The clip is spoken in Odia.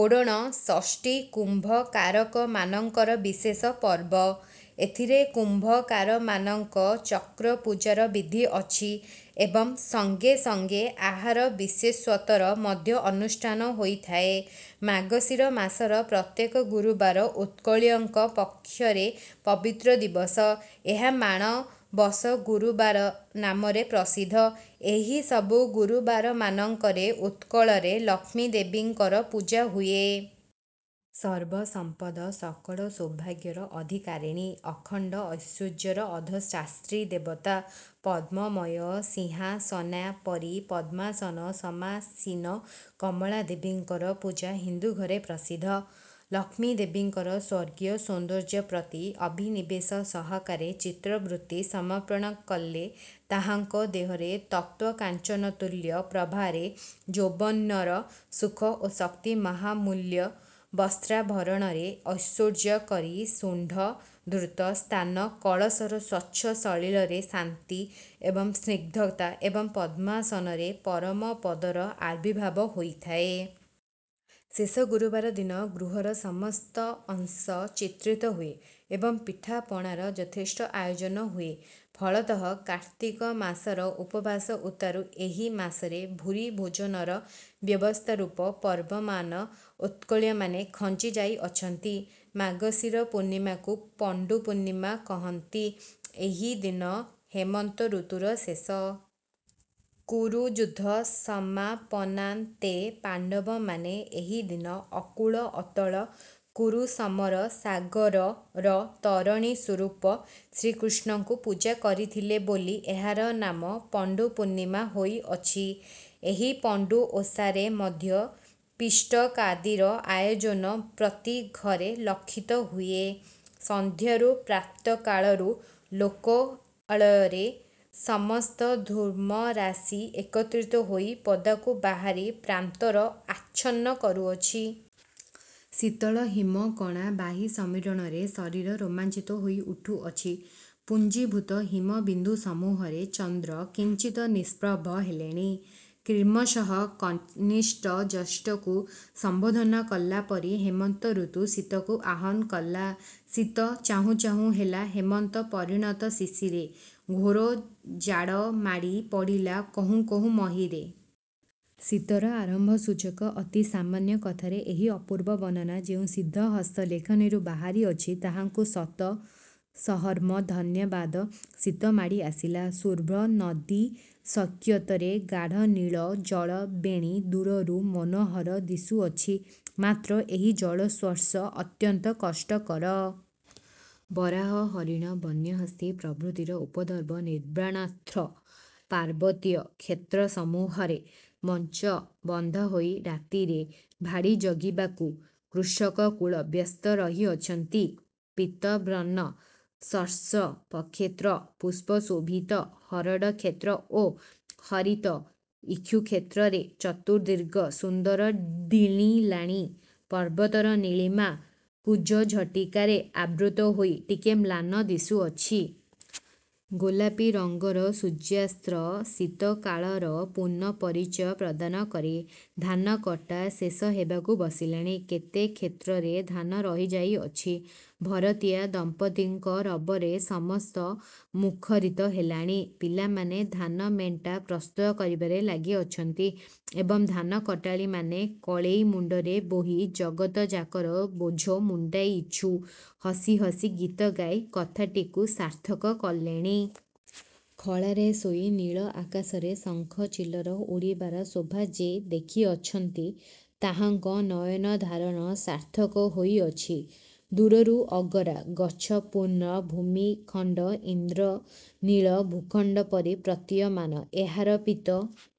ଓଢ଼ଣ ଷଷ୍ଠୀ କୁମ୍ଭକାରକମାନଙ୍କର ବିଶେଷ ପର୍ବ। ଏଥିରେ କୁମ୍ଭକାରମାନଙ୍କ ଚକ୍ରପୂଜାର ବିଧି ଅଛି ଏବଂ ସଙ୍ଗେ ସଙ୍ଗେ ଆହାର ବିଶେଷତ୍ୱର ମଧ୍ୟ ଅନୁଷ୍ଠାନ ହୋଇଥାଏ। ମାର୍ଗଶିର ମାସର ପ୍ରତ୍ୟେକ ଗୁରୁବାର ଉତ୍କଳୀୟଙ୍କ ପକ୍ଷରେ ପବିତ୍ର ଦିବସ। ଏହା ମାଣ ବସ ଗୁରୁବାର ନାମରେ ପ୍ରସିଦ୍ଧ। ଏହି ସବୁ ଗୁରୁବାରମାନଙ୍କରେ ଉତ୍କଳରେ ଲକ୍ଷ୍ମୀଦେବୀଙ୍କର ପୂଜା ହୁଏ। ସର୍ବ ସମ୍ପଦ ସକଳ ସୌଭାଗ୍ୟର ଅଧିକାରିଣୀ, ଅଖଣ୍ଡ ଐଶ୍ୱର୍ଯ୍ୟର ଅଧିଷ୍ଠାତ୍ରୀ ଦେବତା, ପଦ୍ମମୟ ସିଂହାସନୋପରି ପଦ୍ମାସନ ସମାସୀନ କମଳା ଦେବୀଙ୍କର ପୂଜା ହିନ୍ଦୁ ଘରେ ପ୍ରସିଦ୍ଧ। ଲକ୍ଷ୍ମୀଦେବୀଙ୍କର ସ୍ୱର୍ଗୀୟ ସୌନ୍ଦର୍ଯ୍ୟ ପ୍ରତି ଅଭିନିବେଶ ସହକାରେ ଚିତ୍ତବୃତ୍ତି ସମର୍ପଣ କଲେ ତାହାଙ୍କ ଦେହରେ ତପ୍ତକାଞ୍ଚନତୁଲ୍ୟ ପ୍ରଭାରେ ଯୌବନର ସୁଖ ଓ ଶକ୍ତି ମହାମୂଲ୍ୟ ବସ୍ତ୍ରା ଭରଣରେ ଐଶ୍ୱର୍ଯ୍ୟ, କରି ଶୁଣ୍ଢ ଧୃତ ସ୍ତାନ କଳସର ସ୍ୱଚ୍ଛ ସଲିଳରେ ଶାନ୍ତି ଏବଂ ସ୍ନିଗ୍ଧତା ଏବଂ ପଦ୍ମାସନରେ ପରମପଦର ଆବିର୍ଭାବ ହୋଇଥାଏ। ଶେଷ ଗୁରୁବାର ଦିନ ଗୃହର ସମସ୍ତ ଅଂଶ ଚିତ୍ରିତ ହୁଏ ଏବଂ ପିଠାପଣାର ଯଥେଷ୍ଟ ଆୟୋଜନ ହୁଏ। ଫଳତଃ କାର୍ତ୍ତିକ ମାସର ଉପବାସ ଉତ୍ତାରୁ ଏହି ମାସରେ ଭୂରି ଭୋଜନର ବ୍ୟବସ୍ଥାରୂପ ପର୍ବମାନ ଉତ୍କଳୀୟମାନେ ଖଞ୍ଜି ଯାଇଅଛନ୍ତି। ମାର୍ଗଶିର ପୂର୍ଣ୍ଣିମାକୁ ପଣ୍ତୁ ପୂର୍ଣ୍ଣିମା କହନ୍ତି। ଏହି ଦିନ ହେମନ୍ତ ଋତୁର ଶେଷ। କୁରୁଯୁଦ୍ଧ ସମାପନାନ୍ତେ ପାଣ୍ତବମାନେ ଏହି ଦିନ ଅକୂଳ ଅତଳ କୁରୁସମରସାଗର''ର ତରଣୀସ୍ୱରୂପ ଶ୍ରୀକୃଷ୍ଣଙ୍କୁ ପୂଜା କରିଥିଲେ ବୋଲି ଏହାର ନାମ ପଣ୍ତୁ ପୂର୍ଣ୍ଣିମା ହୋଇଅଛି। ଏହି ପଣ୍ତୁ ଓଷାରେ ମଧ୍ୟ ପିଷ୍ଟକାଦିର ଆୟୋଜନ ପ୍ରତି ଘରେ ଲକ୍ଷିତ ହୁଏ। ସନ୍ଧ୍ୟାରୁ ପ୍ରାକ୍କାଳରୁ ଲୋକାଳୟର ସମସ୍ତ ଧୂମରାଶି ଏକତ୍ରିତ ହୋଇ ପଦାକୁ ବାହାରି ପ୍ରାନ୍ତର ଆଚ୍ଛନ୍ନ କରୁଅଛି। ଶୀତଳ ହିମ କଣା ବାହୀ ସମୀରଣରେ ଶରୀର ରୋମାଞ୍ଚିତ ହୋଇ ଉଠୁଅଛି। ପୁଞ୍ଜୀଭୁତ ହିମବିନ୍ଦୁସମୂହରେ ଚନ୍ଦ୍ର କିଞ୍ଚିତ୍ ନିଷ୍ପ୍ରଭ ହେଲେଣି। କ୍ରିମଶଃ କନିଷ୍ଠ ଜ୍ୟେଷ୍ଠକୁ ସମ୍ଭୋଧନ କଲା ପରି ହେମନ୍ତ ଋତୁ ଶୀତକୁ ଆହ୍ଵାନ କଲା। ଶୀତ। ଚାହୁଁ ଚାହୁଁ ହେଲା ହେମନ୍ତ ପରିଣତ ଶିଶିରେ ''ଘୋର ଜାଡ଼ ମାଡ଼ି ପଡ଼ିଲା କହୁଁ କହୁଁ ମହୀରେ। ଶୀତର ଆରମ୍ଭସୂଚକ ଅତି ସାମାନ୍ୟ କଥାରେ ଏହି ଅପୂର୍ବ ବର୍ଣ୍ଣନା ଯେଉଁ ସିଦ୍ଧ ହସ୍ତ ଲେଖନୀରୁ ବାହାରିଅଛି, ତାହାଙ୍କୁ ଶତ ସହମ୍ର ଧନ୍ୟବାଦ ଶୀତ ମାଡ଼ି ଆସିଲା। ଶୁଭ୍ର ନଦୀସୈକତରେ ଗାଢ଼ ନୀଳ ଜଳ ବେଣୀ ଦୂରରୁ ମନୋହର ଦିଶୁଅଛି, ମାତ୍ର ଏହି ଜଳସ୍ପର୍ଶ ଅତ୍ୟନ୍ତ କଷ୍ଟକର। ବରାହ, ହରିଣ, ବନ୍ୟହସ୍ତୀ ପ୍ରଭୃତିର ଉପଦ୍ରବ ନିବାରଣାର୍ଥ ପାର୍ବତୀୟ କ୍ଷେତ୍ରସମୂହରେ ମଞ୍ଚ ବନ୍ଧା ହୋଇ ରାତିରେ ''ଭାଡ଼ି ଜଗିବାକୁ'' କୃଷକକୁଳ ବ୍ୟସ୍ତ ରହିଅଛନ୍ତି। ପୀତବର୍ଣ୍ଣ ସର୍ଷପକ୍ଷେତ୍ର ପୁଷ୍ପଶୋଭିତ ହରଡ଼କ୍ଷେତ୍ର ଓ ହରିତ୍ ଇକ୍ଷୁକ୍ଷେତ୍ରରେ ଚତୁର୍ଦିଗ ସୁନ୍ଦର ଦିଣିଲାଣି। ପର୍ବତର ନୀଳିମା କୁଜ୍ଝଟିକାରେ ଆବୃତ ହୋଇ ଟିକିଏ ମ୍ଳାନ ଦିଶୁଅଛି! ଗୋଲାପୀ ରଙ୍ଗର ସୂର୍ଯ୍ୟାସ୍ତ ଶୀତ କାଳର ପୂର୍ଣ୍ଣ ପରିଚୟ ପ୍ରଦାନ କରେ। ଧାନ କଟା ଶେଷ ହେବାକୁ ବସିଲାଣି। କେତେ କ୍ଷେତ୍ରରେ ଧାନ ରହି ଯାଇଅଛି। ଭରତିଆ ଦମ୍ପତୀଙ୍କ ରବରେ ସମସ୍ତ ମୁଖରିତ ହେଲାଣି। ପିଲାମାନେ ଧାନ ମେଣ୍ଟା ପ୍ରସ୍ତୁତ କରିବାରେ ଲାଗିଅଛନ୍ତି ଏବଂ ଧାନକଟାଳିମାନେ କଳେଇ ମୁଣ୍ତରେ ବୋହି ''ଜଗତଯାକର ବୋଝ ମୁଣ୍ତାଇଛୁ ହସି ହସି ଗୀତ ଗାଇ'' କଥାଟିକୁ ସାର୍ଥକ କଲେଣି। ଖଳାରେ ଶୋଇ ନୀଳ ଆକାଶରେ ଶଙ୍ଖଚିଲର ଉଡ଼ିବାର ଶୋଭା ଯେ ଦେଖିଅଛନ୍ତି, ତାହାଙ୍କ ନୟନଧାରଣ ସାର୍ଥକ ହୋଇଅଛି। ଦୂରରୁ ଅଗରା। ଗଛପୂର୍ଣ୍ଣ ଭୂମିଖଣ୍ତ ଇନ୍ଦ୍ର ନୀଳ ଭୂଖଣ୍ତ ପରି ପ୍ରତୀୟମାନ। ଏହାର ପୀତ--